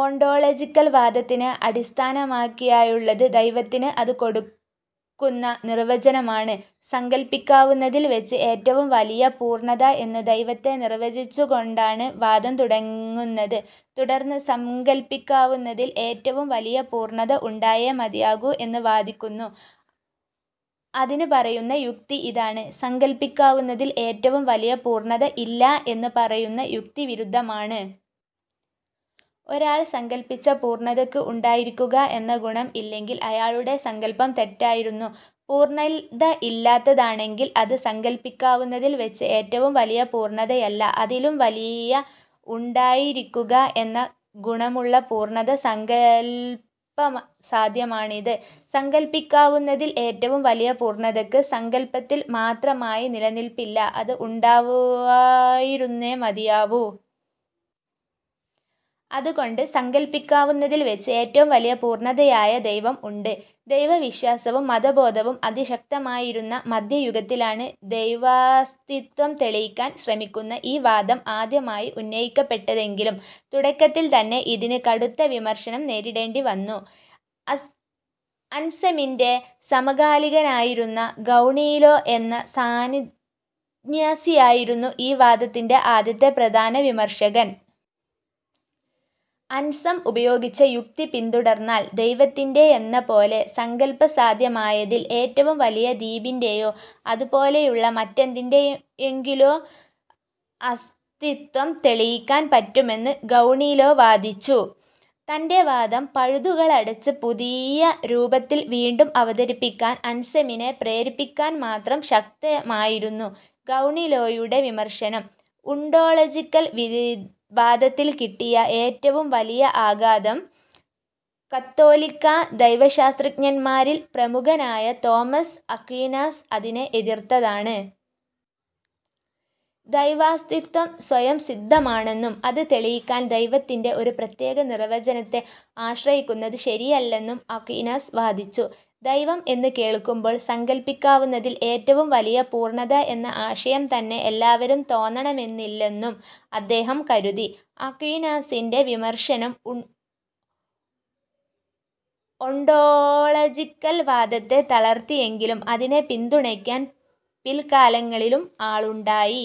Ontological വാദത്തിന് അടിസ്ഥാനമാക്കിയായുള്ളത് ദൈവത്തിന് അത് കൊടുക്കുന്ന നിർവചനമാണ്. സങ്കൽപ്പിക്കാവുന്നതിൽ വച്ച് ഏറ്റവും വലിയ പൂർണ്ണത എന്ന് ദൈവത്തെ നിർവചിച്ചുകൊണ്ടാണ് വാദം തുടങ്ങുന്നത്. തുടർന്ന് സങ്കൽപ്പിക്കാവുന്നതിൽ ഏറ്റവും വലിയ പൂർണ്ണത ഉണ്ടായേ മതിയാവൂ എന്ന് വാദിക്കുന്നു. അതിന് പറയുന്ന യുക്തി ഇതാണ്. സങ്കൽപ്പിക്കാവുന്നതിൽ ഏറ്റവും വലിയ പൂർണ്ണത ഇല്ല എന്ന് പറയുന്ന യുക്തിവിരുദ്ധമാണ്. ഒരാൾ സങ്കൽപ്പിച്ച പൂർണ്ണതയ്ക്ക് ഉണ്ടായിരിക്കുക എന്ന ഗുണം ഇല്ലെങ്കിൽ അയാളുടെ സങ്കൽപ്പം തെറ്റായിരുന്നു. പൂർണ്ണത ഇല്ലാത്തതാണെങ്കിൽ അത് സങ്കൽപ്പിക്കാവുന്നതിൽ വച്ച് ഏറ്റവും വലിയ പൂർണ്ണതയല്ല. അതിലും വലിയ ഉണ്ടായിരിക്കുക ഗുണമുള്ള പൂർണ്ണത സങ്കൽപ്പസാധ്യമാണിത്. സങ്കൽപ്പിക്കാവുന്നതിൽ ഏറ്റവും വലിയ പൂർണ്ണതയ്ക്ക് സങ്കൽപ്പത്തിൽ മാത്രമായി നിലനിൽപ്പില്ല. അത് ഉണ്ടാവുവായിരുന്നേ മതിയാവൂ. അതുകൊണ്ട് സങ്കൽപ്പിക്കാവുന്നതിൽ വച്ച് ഏറ്റവും വലിയ പൂർണ്ണതയായ ദൈവം ഉണ്ട്. ദൈവവിശ്വാസവും മതബോധവും അതിശക്തമായിരുന്ന മധ്യയുഗത്തിലാണ് ദൈവാസ്തിത്വം തെളിയിക്കാൻ ശ്രമിക്കുന്ന ഈ വാദം ആദ്യമായി ഉന്നയിക്കപ്പെട്ടതെങ്കിലും തുടക്കത്തിൽ തന്നെ ഇതിന് കടുത്ത വിമർശനം നേരിടേണ്ടിവന്നു. അൻസമിൻ്റെ സമകാലികനായിരുന്ന ഗൗണീലോ എന്ന സന്യാസിയായിരുന്നു ഈ വാദത്തിൻ്റെ ആദ്യത്തെ പ്രധാന വിമർശകൻ. അൻസം ഉപയോഗിച്ച യുക്തി പിന്തുടർന്നാൽ ദൈവത്തിൻ്റെ യെന്നപോലെ സങ്കൽപ്പസാധ്യമായതിൽ ഏറ്റവും വലിയ ദ്വീപിൻ്റെ യോ അതുപോലെയുള്ള മറ്റെന്തിൻ്റെ യെങ്കിലുമോ അസ്തിത്വം തെളിയിക്കാൻ പറ്റുമെന്ന് ഗൗണീലോ വാദിച്ചു. തൻ്റെ വാദം പഴുതുകളടച്ച് പുതിയ രൂപത്തിൽ വീണ്ടും അവതരിപ്പിക്കാൻ അൻസമിനെ പ്രേരിപ്പിക്കാൻ മാത്രം ശക്തമായിരുന്നു ഗൗണീലോയുടെ വിമർശനം. ഓണ്ടോളജിക്കൽ വാദത്തിന് കിട്ടിയ ഏറ്റവും വലിയ ആഘാതം കത്തോലിക്കാ ദൈവശാസ്ത്രജ്ഞന്മാരിൽ പ്രമുഖനായ തോമസ് അക്വീനാസ് അതിനെ എതിർത്തതാണ്. ദൈവാസ്തിത്വം സ്വയംസിദ്ധമാണെന്നും അത് തെളിയിക്കാൻ ദൈവത്തിൻ്റെ ഒരു പ്രത്യേക നിർവചനത്തെ ആശ്രയിക്കുന്നത് ശരിയല്ലെന്നും അക്വീനാസ് വാദിച്ചു. ദൈവം എന്നു കേൾക്കുമ്പോൾ സങ്കൽപ്പിക്കാവുന്നതിൽ ഏറ്റവും വലിയ പൂർണ്ണത എന്ന ആശയം തന്നെ എല്ലാവരും തോന്നണമെന്നില്ലെന്നും അദ്ദേഹം കരുതി. അക്വീനാസിൻ്റെ വിമർശനം ഓണ്ടോളജിക്കൽ വാദത്തെ തളർത്തിയെങ്കിലും അതിനെ പിന്തുണയ്ക്കാൻ പിൽക്കാലങ്ങളിലും ആളുണ്ടായി.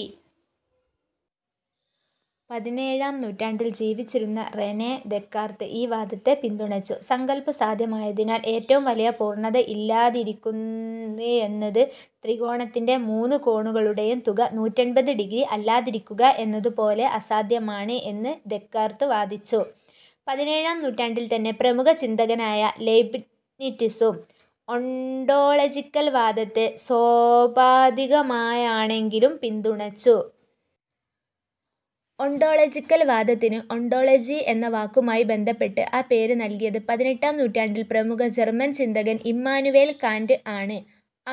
പതിനേഴാം നൂറ്റാണ്ടിൽ ജീവിച്ചിരുന്ന റെനെ ദെക്കാർത്ത് ഈ വാദത്തെ പിന്തുണച്ചു. സങ്കൽപ്പസാധ്യമായതിൽ ഏറ്റവും വലിയ പൂർണ്ണത ഇല്ലാതിരിക്കുകയെന്നത് ത്രികോണത്തിൻ്റെ മൂന്ന് കോണുകളുടെയും തുക നൂറ്റെൺപത് ഡിഗ്രി അല്ലാതിരിക്കുക എന്നതുപോലെ അസാധ്യമാണ് എന്ന് ദെക്കാർത്ത് വാദിച്ചു. പതിനേഴാം നൂറ്റാണ്ടിൽ തന്നെ പ്രമുഖ ചിന്തകനായ ലയ്ബ്നിറ്റ്സും ഓണ്ടോളജിക്കൽ വാദത്തെ സോപാധികമായാണെങ്കിലും പിന്തുണച്ചു. ഓണ്ടോളജിക്കൽ വാദത്തിന് ഓണ്ടോളജി എന്ന വാക്കുമായി ബന്ധപ്പെട്ട ആ പേര് നൽകിയത് പതിനെട്ടാം നൂറ്റാണ്ടിൽ പ്രമുഖ ജർമൻ ചിന്തകൻ ഇമ്മാനുവേൽ കാന്റ് ആണ്.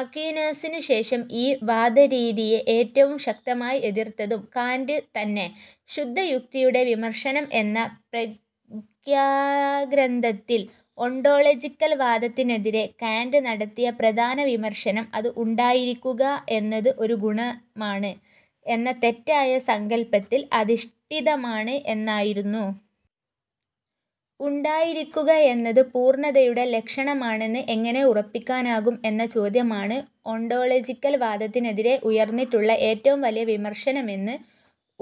അക്വീനാസിനു ശേഷം ഈ വാദരീതിയെ ഏറ്റവും ശക്തിയായി എതിർത്തതും കാന്റ് തന്നെ. ശുദ്ധയുക്തിയുടെ വിമർശനം എന്ന പ്രത്യാഗ്രന്ഥത്തിൽ ഓണ്ടോളജിക്കൽ വാദത്തിനെതിരെ കാന്റ് നടത്തിയ പ്രധാന വിമർശനം അത് ഉണ്ടായിരിക്കുക എന്നത് ഒരു ഗുണമാണ് എന്ന തെറ്റായ സങ്കൽപ്പത്തിൽ അധിഷ്ഠിതമാണ് എന്നായിരുന്നു. ഉണ്ടായിരിക്കുകയെന്നത് പൂർണ്ണതയുടെ ലക്ഷണമാണെന്ന് എങ്ങനെ ഉറപ്പിക്കാനാകും എന്ന ചോദ്യമാണ് ഓണ്ടോളജിക്കൽ വാദത്തിനെതിരെ ഉയർന്നിട്ടുള്ള ഏറ്റവും വലിയ വിമർശനമെന്ന്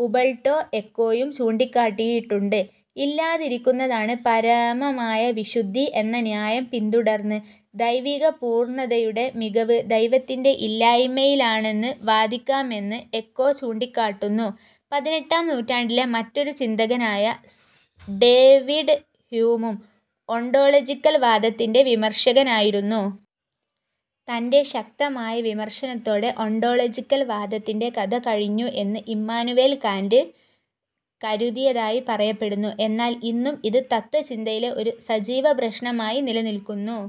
ഉമ്പർട്ടോ എക്കോയും ചൂണ്ടിക്കാട്ടിയിട്ടുണ്ട്. ഇല്ലാതിരിക്കുന്നതാണ് പരമമായ വിശുദ്ധി എന്ന ന്യായം പിന്തുടർന്ന് ദൈവികപൂർണ്ണതയുടെ മികവ് ദൈവത്തിൻ്റെ ഇല്ലായ്മയിലാണെന്ന് വാദിക്കാമെന്ന് എക്കോ ചൂണ്ടിക്കാട്ടുന്നു. പതിനെട്ടാം നൂറ്റാണ്ടിലെ മറ്റൊരു ചിന്തകനായ ഡേവിഡ് ഹ്യൂമും ഓണ്ടോളജിക്കൽ വാദത്തിൻ്റെ വിമർശകനായിരുന്നു. തൻ്റെ ശക്തമായ വിമർശനത്തോടെ ഓണ്ടോളജിക്കൽ വാദത്തിൻ്റെ കഥ കഴിഞ്ഞു എന്ന് ഇമ്മാനുവേൽ കാന്റ് കരുതിയതായി പറയപ്പെടുന്നു. എന്നാൽ ഇന്നും ഇത് തത്ത്വചിന്തയിലെ ഒരു സജീവപ്രശ്നമായി നിലനിൽക്കുന്നു.